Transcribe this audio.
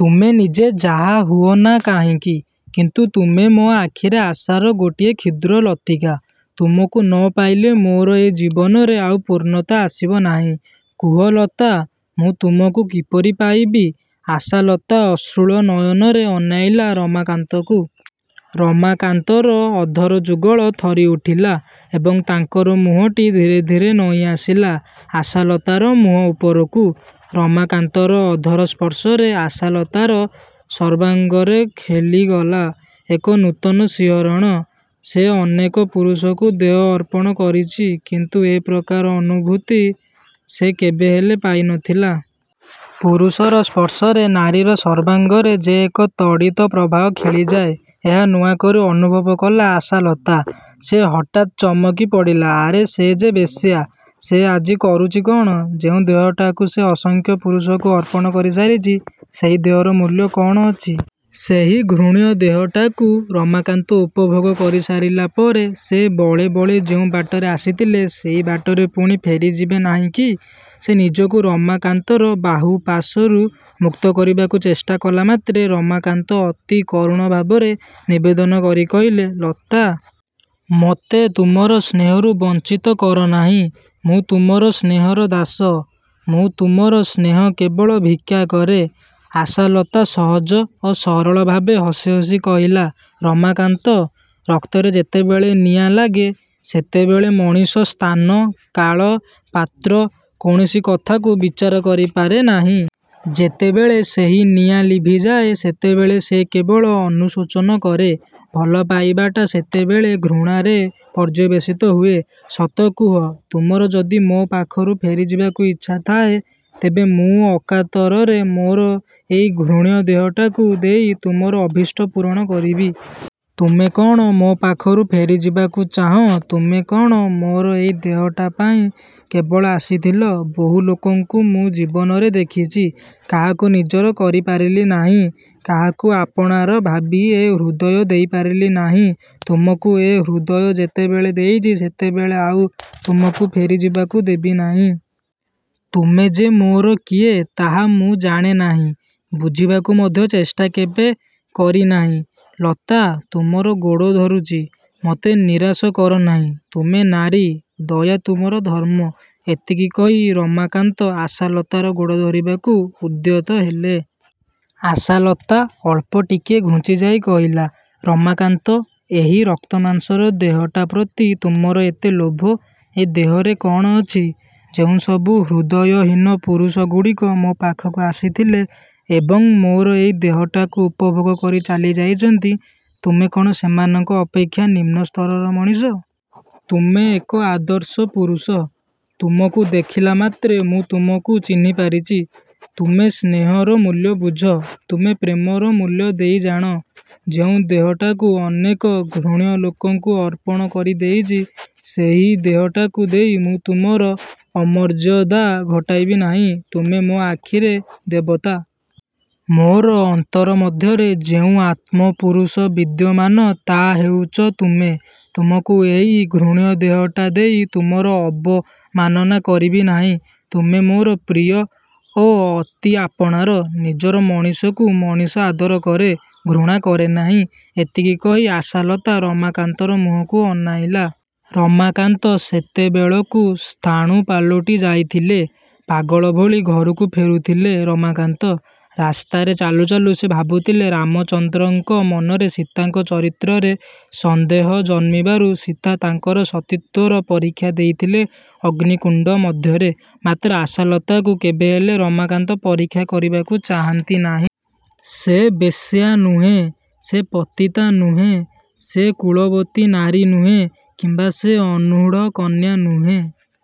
ତୁମେ ନିଜେ ଯାହା ହୁଅନା କାହିଁକି; କିନ୍ତୁ ତୁମେ ମୋ ଆଖିରେ ଆଶାର ଗୋଟିଏ କ୍ଷୁଦ୍ର ଲତିକା। ତୁମକୁ ନ ପାଇଲେ ମୋର ଏ ଜୀବନରେ ଆଉ ପୂର୍ଣ୍ଣତା ଆସିବ ନାହିଁ। କୁହ ଲତା! ମୁଁ ତୁମକୁ କିପରି ପାଇବି? '' ଆଶାଲତା ଅଶ୍ରୁଳ ନୟନରେ ଅନାଇଲା ରମାକାନ୍ତକୁ। ରମାକାନ୍ତର ଅଧର ଯୁଗଳ ଥରିଉଠିଲା ଏବଂ ତାଙ୍କର ମୁହଁଟି ଧୀରେ ଧୀରେ ନଇଁଆସିଲା ଆଶାଲତାର ମୁହଁ ଉପରକୁ। ରମାକାନ୍ତର ଅଧର ସ୍ପର୍ଶରେ ଆଶାଲତାର ସର୍ବାଙ୍ଗରେ ଖେଲିଗଲା ଏକ ନୂତନ ସିହରଣ। ସେ ଅନେକ ପୁରୁଷକୁ ଦେହ ଅର୍ପଣ କରିଛି କିନ୍ତୁ ଏ ପ୍ରକାର ଅନୁଭୂତି ସେ କେବେହେଲେ ପାଇ ନ ଥିଲା। ପୁରୁଷର ସ୍ପର୍ଶରେ ନାରୀର ସର୍ବାଙ୍ଗରେ ଯେ ଏକ ତଡ଼ିତ ପ୍ରବାହ ଖେଳିଯାଏ ଏହା ନୂଆକରି ଅନୁଭବ କଲା ଆଶାଲତା। ସେ ହଠାତ୍ ଚମକି ପଡ଼ିଲା। ଆରେ ସେ ଯେ ବେଶ୍ୟା। ସେ ଆଜି କରୁଛି କ'ଣ? ଯେଉଁ ଦେହଟାକୁ ସେ ଅସଂଖ୍ୟ ପୁରୁଷକୁ ଅର୍ପଣ କରିସାରିଛି ସେହି ଦେହର ମୂଲ୍ୟ କ'ଣ ଅଛି? ସେହି ଘୃଣ୍ୟ ଦେହଟାକୁ ରମାକାନ୍ତ ଉପଭୋଗ କରିସାରିଲା ପରେ ସେ ବଳେ ବଳେ ଯେଉଁ ବାଟରେ ଆସିଥିଲେ ସେହି ବାଟରେ ପୁଣି ଫେରିଯିବେ ନାହିଁକି? ସେ ନିଜକୁ ରମାକାନ୍ତର ବାହୁପାଶରୁ ମୁକ୍ତ କରିବାକୁ ଚେଷ୍ଟା କଲାମାତ୍ରେ ରମାକାନ୍ତ ଅତି କରୁଣଭାବରେ ନିବେଦନ କରି କହିଲେ, ''ଲତା! ମୋତେ ତୁମର ସ୍ନେହରୁ ବଞ୍ଚିତ କରନାହିଁ। ମୁଁ ତୁମର ସ୍ନେହର ଦାସ। ମୁଁ ତୁମର ସ୍ନେହ କେବଳ ଭିକ୍ଷାକରେ। '' ଆଶାଲତା ସହଜ ଓ ସରଳ ଭାବେ ହସି ହସି କହିଲା, ''ରମାକାନ୍ତ! ରକ୍ତରେ ଯେତେବେଳେ ନିଆଁ ଲାଗେ ସେତେବେଳେ ମଣିଷ ସ୍ଥାନ, କାଳ, ପାତ୍ର କୌଣସି କଥାକୁ ବିଚାର କରିପାରେ ନାହିଁ। ଯେତେବେଳେ ସେହି ନିଆଁ ଲିଭିଯାଏ, ସେତେବେଳେ ସେ କେବଳ ଅନୁଶୋଚନା କରେ। ଭଲ ପାଇବାଟା ସେତେବେଳେ ଘୃଣାରେ ପର୍ଯ୍ୟବେସିତ ହୁଏ। ସତ କୁହ, ତୁମର ଯଦି ମୋ ପାଖରୁ ଫେରିଯିବାକୁ ଇଚ୍ଛାଥାଏ, ତେବେ ମୁଁ ଅକାତରରେ ମୋର ଏହି ଘୃଣ୍ୟଦେହଟାକୁ ଦେଇ ତୁମର ଅଭୀଷ୍ଟ ପୂରଣ କରିବି। ତୁମେ କ'ଣ ମୋ ପାଖରୁ ଫେରିଯିବାକୁ ଚାହଁ ତୁମେ କ'ଣ? ମୋର ଏହି ଦେହଟା ପାଇଁ କେବଳ ଆସିଥିଲ? ବହୁ ଲୋକଙ୍କୁ ମୁଁ ଜୀବନରେ ଦେଖିଛି। କାହାକୁ ନିଜର କରିପାରିଲି ନାହିଁ। କାହାକୁ ଆପଣାର ଭାବି ଏ ହୃଦୟ ଦେଇପାରିଲି ନାହିଁ। ତୁମକୁ ଏ ହୃଦୟ ଯେତେବେଳେ ଦେଇଛି ସେତେବେଳେ ଆଉ ତୁମକୁ ଫେରିଯିବାକୁ ଦେବିନାହିଁ। ତୁମେ ଯେ ମୋର କିଏ ତାହା ମୁଁ ଜାଣେ ନାହିଁ। ବୁଝିବାକୁ ମଧ୍ୟ ଚେଷ୍ଟା କେବେ କରିନାହିଁ। '' ''ଲତା! ତୁମର ଗୋଡ଼ ଧରୁଚି। ମୋତେ ନିରାଶ କର ନାହିଁ। ତୁମେ ନାରୀ। ଦୟା ତୁମର ଧର୍ମ। '' ଏତିକି କହି ରମାକାନ୍ତ ଆଶାଲତାର ଗୋଡ଼ ଧରିବାକୁ ଉଦ୍ୟତ ହେଲେ। ଆଶାଲତା ଅଳ୍ପ ଟିକିଏ ଘୁଞ୍ଚିଯାଇ କହିଲା, ''ରମାକାନ୍ତ! ଏହି ରକ୍ତମାଂସର ଦେହଟାପ୍ରତି ତୁମର ଏତେ ଲୋଭ? ଏ ଦେହରେ କ'ଣ ଅଛି? ଯେଉଁସବୁ ହୃଦୟହୀନ ପୁରୁଷଗୁଡ଼ିକ ମୋ ପାଖକୁ ଆସିଥିଲେ ଏବଂ ମୋର ଏହି ଦେହଟାକୁ ଉପଭୋଗ କରି ଚାଲିଯାଇଛନ୍ତି, ତୁମେ କ'ଣ ସେମାନଙ୍କ ଅପେକ୍ଷା ନିମ୍ନସ୍ତରର ମଣିଷ? ତୁମେ ଏକ ଆଦର୍ଶ ପୁରୁଷ-। ତୁମକୁ ଦେଖିଲା ମାତ୍ରେ ମୁଁ ତୁମକୁ ଚିହ୍ନିପାରିଛି। ତୁମେ ସ୍ନେହର ମୂଲ୍ୟ ବୁଝ। ତୁମେ ପ୍ରେମର ମୂଲ୍ୟ ଦେଇଜାଣ। ଯେଉଁ ଦେହଟାକୁ ଅନେକ ଘୃଣ୍ୟଲୋକଙ୍କୁ ଅର୍ପଣ କରିଦେଇଛି, ସେହି ଦେହଟାକୁ ଦେଇ ମୁଁ ତୁମର ଅମର୍ଯ୍ୟଦା ଘଟାଇବି ନାହିଁ। ତୁମେ ମୋ ଆଖିରେ ଦେବତା। ମୋର ଅନ୍ତର ମଧ୍ୟରେ ଯେଉଁ ଆତ୍ମପୁରୁଷ ବିଦ୍ୟମାନ ତାହା ହେଉଛ ତୁମେ। ତୁମକୁ ଏହି ଘୃଣ୍ୟଦେହଟା ଦେଇ ତୁମର ଅବମାନନା କରିବି ନାହିଁ। ତୁମେ ମୋର ପ୍ରିୟ ଓ ଅତି ଆପଣାର। ନିଜର ମଣିଷକୁ ମଣିଷ ଆଦର କରେ। ଘୃଣା କରେ ନାହିଁ। ଏତିକି କହି ଆଶାଲତା ରମାକାନ୍ତର ମୁହଁକୁ ଅନାଇଲା। ରମାକାନ୍ତ ସେତେବେଳକୁ ସ୍ଥାଣୁ ପାଲଟି ଯାଇଥିଲେ। ପାଗଳ ଭଳି ଘରକୁ ଫେରୁଥିଲେ ରମାକାନ୍ତ। ରାସ୍ତାରେ ଚାଲୁ ଚାଲୁ ସେ ଭାବୁଥିଲେ ରାମଚନ୍ଦ୍ରଙ୍କ ମନରେ ସୀତାଙ୍କ ଚରିତ୍ରରେ ସନ୍ଦେହ ଜନ୍ମିବାରୁ ସୀତା ତାଙ୍କର ସତୀତ୍ୱର ପରୀକ୍ଷା ଦେଇଥିଲେ ଅଗ୍ନିକୁଣ୍ଡ ମଧ୍ୟରେ। ମାତ୍ର ଆଶାଲତାକୁ କେବେହେଲେ ରମାକାନ୍ତ ପରୀକ୍ଷା କରିବାକୁ ଚାହାଁନ୍ତି ନାହିଁ। ସେ ବେଶ୍ୟା ନୁହେଁ। ସେ ପତିତା ନୁହେଁ। ସେ କୁଳବତୀ ନାରୀ ନୁହେଁ କିମ୍ବା ସେ ଅନୂଢ଼ କନ୍ୟା ନୁହେଁ।